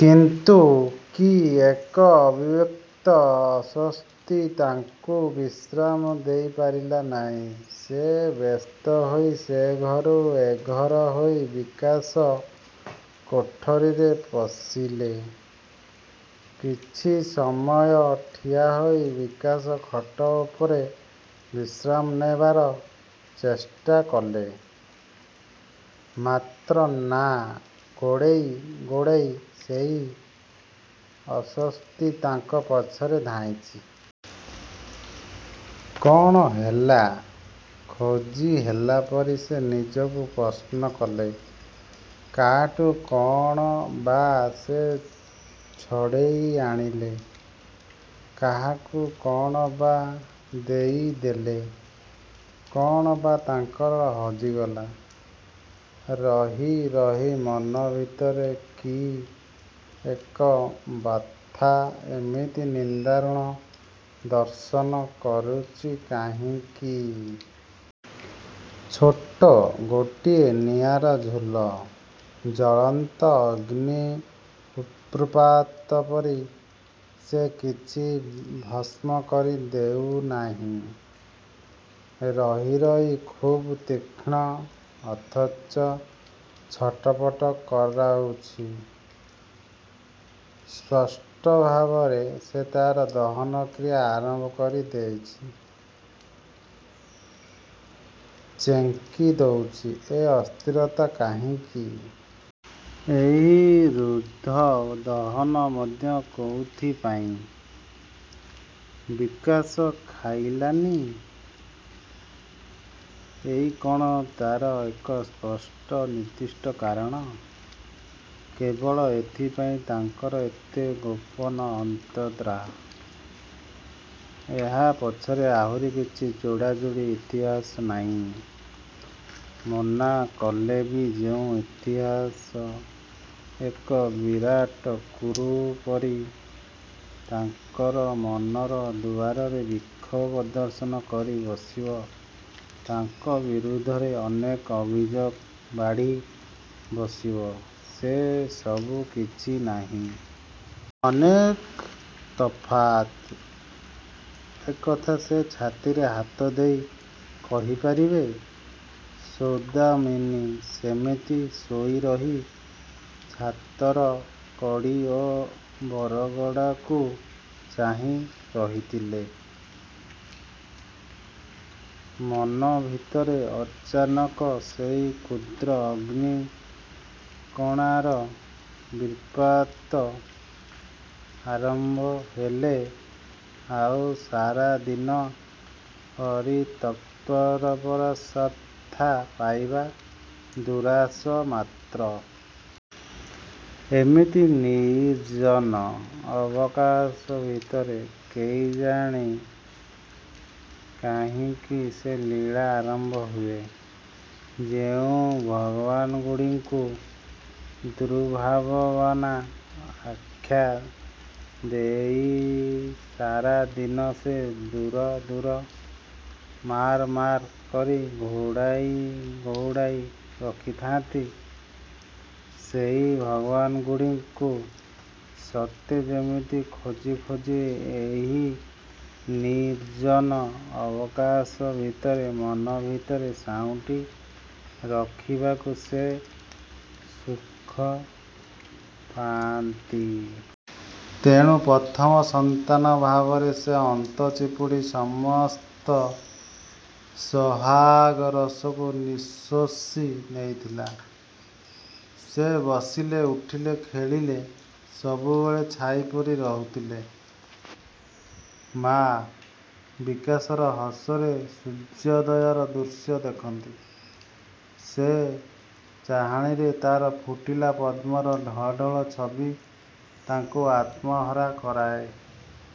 କିନ୍ତୁ କି ଏକ ଅବ୍ୟକ୍ତ ଅସ୍ଵସ୍ତି ତାଙ୍କୁ ବିଶ୍ରାମ ଦେଇ ପାରିଲା ନାହିଁ। ସେ ବ୍ୟସ୍ତ ହୋଇ ସେ ଘରୁ ଏଘର ହୋଇ ବିକାଶ କୋଠରୀରେ ପଶିଲେ। କିଛି ସମୟ ଠିଆ ହୋଇ ବିକାଶ ଖଟ ଉପରେ ବିଶ୍ରାମ ନେବାର ଚେଷ୍ଟା କଲେ। ମାତ୍ର ନାଁ ଗୋଡ଼େଇ ଗୋଡ଼େଇ ସେହି ଅସ୍ଵସ୍ତି ତାଙ୍କ ପଛରେ ଧାଇଁଚି। କଣ ହେଲା? ଖୋଜିହେଲା ପରି ସେ ନିଜକୁ ପ୍ରଶ୍ନ କଲେ। କାହାଠୁ କଣ ବା ସେ ଛଡ଼େଇ ଆଣିଲେ? କାହାକୁ କଣ ବା ଦେଇ ଦେଲେ? କଣ ବା ତାଙ୍କର ହଜିଗଲା? ରହି ରହି ମନ ଭିତରେ କି ଏକ ବ୍ୟଥା, ଏମିତି ନିଦାରୁଣ ଦଂଶନ କରୁଚି କାହିଁକି? ଛୋଟ ଗୋଟିଏ ନିଆଁର ଝୁଲ, ଜ୍ଵଳନ୍ତ ଅଗ୍ନି ଉତ୍ପାତ ପରି ସେ କିଛି ଭସ୍ମ କରି ଦେଉ ନାହିଁ। ରହି ରହି ଖୁବ୍ ତୀକ୍ଷଣ, ଅଥଚ ଛଟପଟ କରାଉଛି। ସ୍ପଷ୍ଟ ଭାବରେ, ସେ ତାର ଦହନ କ୍ରିୟା ଆରମ୍ଭ କରି ଦେଇଚି। ଚେଙ୍ଗି ଦେଉଚି ଏ ଅସ୍ଥିରତା କାହିଁକି? ଏ ରୁଦ୍ଧ ଦହନ ମଧ୍ୟ କେଉଁଥିପାଇଁ? ବିକାଶ ଖାଇଲାନି, ଏଇ କଣ ତାର ଏକ ସ୍ପଷ୍ଟ ଓ ନିର୍ଦ୍ଦିଷ୍ଟ କାରଣ? କେବଳ ଏଇଥିପାଇଁ ତାଙ୍କର ଏତେ ଗୋପନ ଅନ୍ତର୍ଦାହ? ଏହା ପଛରେ ଆହୁରି କିଛି ଯୋଡ଼ାଯୋଡ଼ି ଇତିହାସ ନାହିଁ? ମନା କଲେ ବି ଯେଉଁ ଇତିହାସ, ଏକ ବିରାଟ କ୍ୟୁ ପରି ତାଙ୍କର ମନର ଦୁଆରରେ ବିକ୍ଷୋଭ ପ୍ରଦର୍ଶନ କରି ବସିବ ତାଙ୍କ ବିରୁଦ୍ଧରେ ଅନେକ ଅଭିଯୋଗ ବାଢ଼ି ବସିବ, ସେ ସବୁ କିଛି ନାହିଁ? ଅନେକ ତଫାତ୍। ଏକଥା ସେ ଛାତିରେ ହାତ ଦେଇ କହିପାରିବେ। ସୌଦାମିନୀ ସେମିତି ଶୋଇ ରହି ଛାତର କଡ଼ି ଓ ବରଗାଗୁଡ଼ିକୁ ଚାହିଁ ରହିଥିଲେ। ମନ ଭିତରେ ଅଚାନକ ସେହି କ୍ଷୁଦ୍ର ଅଗ୍ନି କଣାର ବିତ୍ପାତ ଆରମ୍ଭ ହେଲେ ଆଉ ସାରା ଦିନ ପରିତୃପ୍ତର ସତ୍ତା ପାଇବା ଦୁରାଶା ମାତ୍ର। ଏମିତି ନିର୍ଜନ ଅବକାଶ ଭିତରେ କେଜାଣି କାହିଁକି ସେହି ଲୀଳା ଆରମ୍ଭ ହୁଏ। ଯେଉଁ ଭାଗବାନାଗୁଡ଼ିକୁ ଦୁର୍ଭାବନା ଆଖ୍ୟା ଦେଇ ସାରା ଦିନ ସେ ଦୂର ଦୂର ମାର ମାର କରି ଘଉଡ଼ାଇ ଘଉଡ଼ାଇ ରଖିଥାନ୍ତି ସେହି ଭାଗବାନାଗୁଡ଼ିକୁ ସତେ ଯେମିତି ଖୋଜି ଖୋଜି ଏହି ନିର୍ଜନ ଅବକାଶ ଭିତରେ ମନ ଭିତରେ ସାଉଁଟି ରଖିବାକୁ ସେ ସୁଖ ପାଆନ୍ତି। ତେଣୁ ପ୍ରଥମ ସନ୍ତାନ ଭାବରେ ସେ ଅନ୍ତ ଚିପୁଡ଼ି ସମସ୍ତ ସୋହାଗ ରସକୁ ନିଃଶେଷି ନେଉଥିଲା। ସେ ବସିଲେ, ଉଠିଲେ, ଖେଳିଲେ, ସବୁବେଳେ ଛାଇପରି ରହୁଥିଲେ ମା । ବିକାଶର ହସରେ ସୂର୍ଯ୍ୟୋଦୟର ଦୃଶ୍ୟ ଦେଖନ୍ତି ସେ। ଚାହାଣିରେ ତାର ଫୁଟିଲା ପଦ୍ମର ଢଳଢ଼ଳ ଛବି ତାଙ୍କୁ ଆତ୍ମହରା କରାଏ।